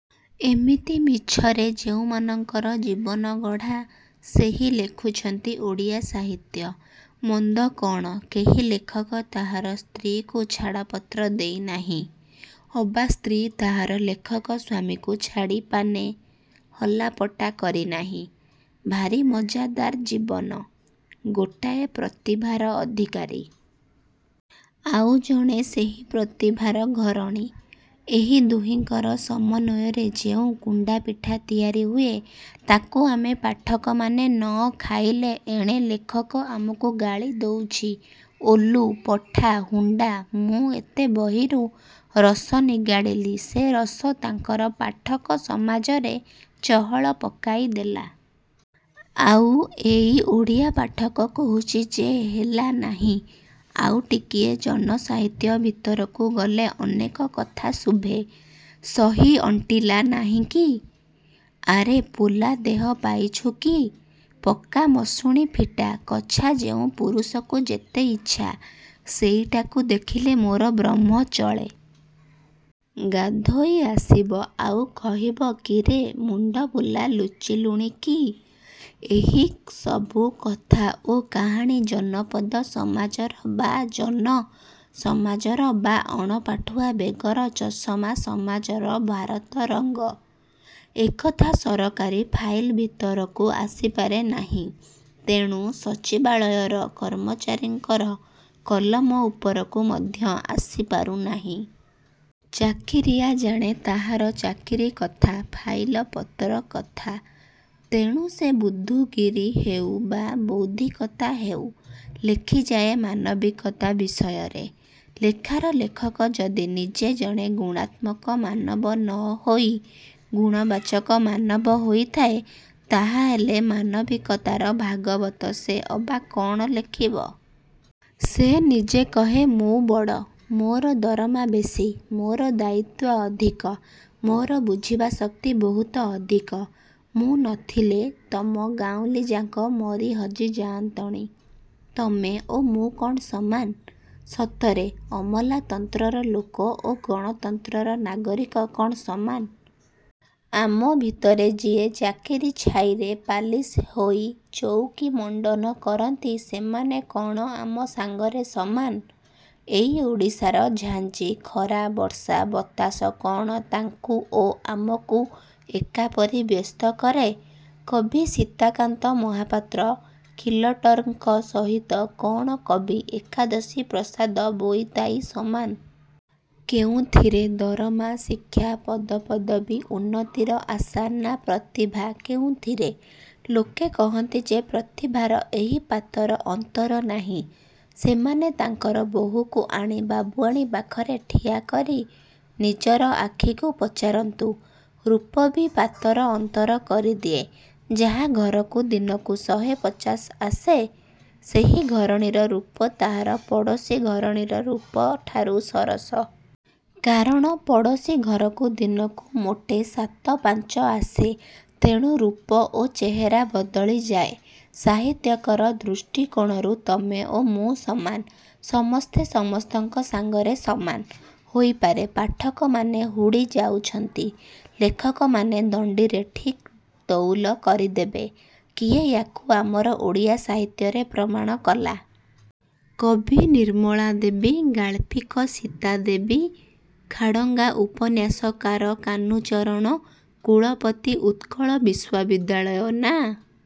ଏମିତି ମିଛରେ ଯେଉଁମାନଙ୍କର ଜୀବନ ଗଢ଼ା ସେଇ ଲେଖୁଛନ୍ତି ଓଡ଼ିଆ ସାହିତ୍ୟ। ମନ୍ଦ କ'ଣ? କେହି ଲେଖକ ତାହାର ସ୍ତ୍ରୀ'କୁ ଛାଡ଼ପତ୍ର ଦେଇ ନାହିଁ ଅବା ସ୍ତ୍ରୀ ତାହାର ଲେଖକ ସ୍ୱାମୀକୁ ଛାଡ଼ି ପାନେ ହଲାପଟା କରିନାହିଁ। ଭାରି ମଜ୍ଜାଦାର ଜୀବନ। ଗୋଟାଏ ପ୍ରତିଭାର ଅଧିକାରୀ। ଆଉ ଜଣେ ସେହି ପ୍ରତିଭାର ଘରଣୀ। ଏହି ଦୁହିଙ୍କର ସମନ୍ୱୟରେ ଯେଉଁ କୁଣ୍ତାପିଠା ତିଆରି ହୁଏ ତା'କୁ ଆମେ ପାଠକମାନେ ନ ଖାଇଲେ ଏଣେ ଲେଖକ ଆମକୁ ଗାଳି ଦଉଛି-ଓଲୁ, ପଠା, ହୁଣ୍ତା। ମୁଁ ଏତେ ବହିରୁ ରସ ନିଗାଡ଼ିଲି। ସେ ରସ ତାଙ୍କର ପାଠକ ସମାଜରେ ଚହଳ ପକାଇ ଦେଲା। ଆଉ ଏହି ଓଡ଼ିଆପାଠକ କହୁଛି ଯେ ହେଲା ନାହିଁ। ଆଉ ଟିକିଏ ଜନ ସାହିତ୍ୟ ଭିତରକୁ ଗଲେ ଅନେକ କଥା ଶୁଭେ। ସହି ଅଣ୍ଟିଲା ନାହିଁକି? -ଆରେ ପୋଲା ଦେହ ପାଇଛୁ କି? ପକା ମଶୁଣି ଫିଟା କଛା ଯେଉଁ ପୁରୁଷକୁ ଯେତେ ଇଚ୍ଛା-ସେଇଟାକୁ ଦେଖିଲେ ମୋର ବ୍ରହ୍ମ ଚଳେ। ଗାଧୋଇ ଆସିବ ଆଉ କହିବ କିରେ ମୁଣ୍ତବୁଲା ଲୁଚିଲୁଣି କି? ଏହି ସବୁ କଥା ଓ କାହାଣୀ ଜନପଦ ସମାଜର ବା ଜନ ସମାଜର ବା ଅଣପାଠୁଆ ବେଗର ଚଷମା ସମାଜର ଭାରତରଙ୍ଗ। ଏକଥା ସରକାରୀ ଫାଇଲ ଭିତରକୁ ଆସିପାରେ ନାହିଁ। ତେଣୁ ସଚିବାଳୟର କର୍ମଚାରୀଙ୍କର କଲମ ଉପରକୁ ମଧ୍ୟ ଆସି ପାରୁନାହିଁ। ଚାକିରିଆ ଜାଣେ ତାହାର ଚାକିରି କଥା-ଫାଇଲ ପତ୍ର କଥା। ତେଣୁ ସେ ବୁଦ୍ଧୁଗିରି ହେଉ ବା ବୌଦ୍ଧିକତା ହେଉ ଲେଖିଯାଏ ମାନବିକତା ବିଷୟରେ। ଲେଖାର ଲେଖକ ଯଦି ନିଜେ ଜଣେ ଗୁଣାତ୍ମକ ମାନବ ନ ହୋଇ ଗୁଣବାଚକ ମାନବ ହୋଇଥାଏ ତାହାହେଲେ ମାନବିକତାର ଭାଗବତ ସେ ଅବା କ'ଣ ଲେଖିବ? ସେ ନିଜେ କହେ-ମୁଁ ବଡ଼। ମୋର ଦରମା ବେଶି। ମୋର ଦାୟିତ୍ୟ ଅଧିକ। ମୋର ବୁଝିବା ଶକ୍ତି ବହୁତ ଅଧିକ। ମୁଁ ନ ଥିଲେ ତମେ ଗାଉଁଲିଯାକ ମରି ହଜି ଯାଆନ୍ତଣି। ତମେ ଓ ମୁଁ କ'ଣ ସମାନ? ସତରେ ଅମଲାତନ୍ତ୍ରର ଲୋକ ଓ ଗଣତନ୍ତ୍ରର ନାଗରିକ କ'ଣ ସମାନ? ଆମ ଭିତରେ ଯିଏ ଚାକିରି ଛାଇରେ ପାଲିସ୍ ହୋଇ ଚଉକି ମଣ୍ତନ କରନ୍ତି ସେମାନେ କ'ଣ ଆମ ସାଙ୍ଗରେ ସମାନ।? ଏଇ ଓଡ଼ିଶାର ଝାଞ୍ଜି, ଖରା, ବର୍ଷା, ବତାସ କ'ଣ ତାଙ୍କୁ ଓ ଆମକୁ ଏକାପରି ବ୍ୟସ୍ତ କରେ? କବି ସୀତାକାନ୍ତ ମହାପାତ୍ର କିଲଟରଙ୍କ ସହିତ କ'ଣ କବି ଏକାଦଶୀ ପ୍ରସାଦ ବୋଇତାଇ ସମାନ? କେଉଁଥିରେ? ଦରମା, ଶିକ୍ଷା, ପଦପଦବୀ, ଉନ୍ନତିର ଆଶା ନା ପ୍ରତିଭା-କେଉଁଥିରେ? ଲୋକେ କହନ୍ତି ଯେ ପ୍ରତିଭାର ଏହି ପାତର ଅନ୍ତର ନାହିଁ। ସେମାନେ ତାଙ୍କର ବୋହୂକୁ ଆଣି ବାବୁଆଣୀ ପାଖରେ ଠିଆ କରି ନିଜର ଆଖିକୁ ପଚାରନ୍ତୁ-ରୂପ ବି ପାତର ଅନ୍ତର କରିଦିଏ। ଯାହା ଘରକୁ ଦିନକୁ ଶହେ ପଚାଶ ଆସେ ସେହି ଘରଣୀର ରୂପ ତାହାର ପଡ଼ୋଶୀ ଘରଣୀର ରୂପଠାରୁ ସରସ। କାରଣ ପଡ଼ୋଶୀ ଘରକୁ ଦିନକୁ ମୋଟେ ସାତ ପାଞ୍ଚ ଆସେ। ତେଣୁ ରୂପ ଓ ଚେହେରା ବଦଳିଯାଏ। ସାହିତ୍ୟିକର ଦୃଷ୍ଟିକୋଣରୁ ତମେ ଓ ମୁଁ ସମାନ। ସମସ୍ତେ ସମସ୍ତଙ୍କ ସାଙ୍ଗରେ ସମାନ-। ହୋଇପାରେ-ପାଠକମାନେ ହୁଡ଼ି ଯାଉଛନ୍ତି। ଲେଖକମାନେ ଦଣ୍ତିରେ ଠିକ୍ ତଉଲ କରିଦେବେ-। କିଏ ୟା'କୁ ଆମର ଓଡ଼ିଆ ସାହିତ୍ୟରେ ପ୍ରମାଣ କଲା? କବି ନିର୍ମଳା ଦେବୀ, ଗାଳ୍ପିକ ସୀତାଦେବୀ ଖାଡ଼ଙ୍ଗା, ଉପନ୍ୟାସକାର କାହ୍ନୁଚରଣ, କୁଳପତି ଉତ୍କଳ ବିଶ୍ୱବିଦ୍ୟାଳୟ ନା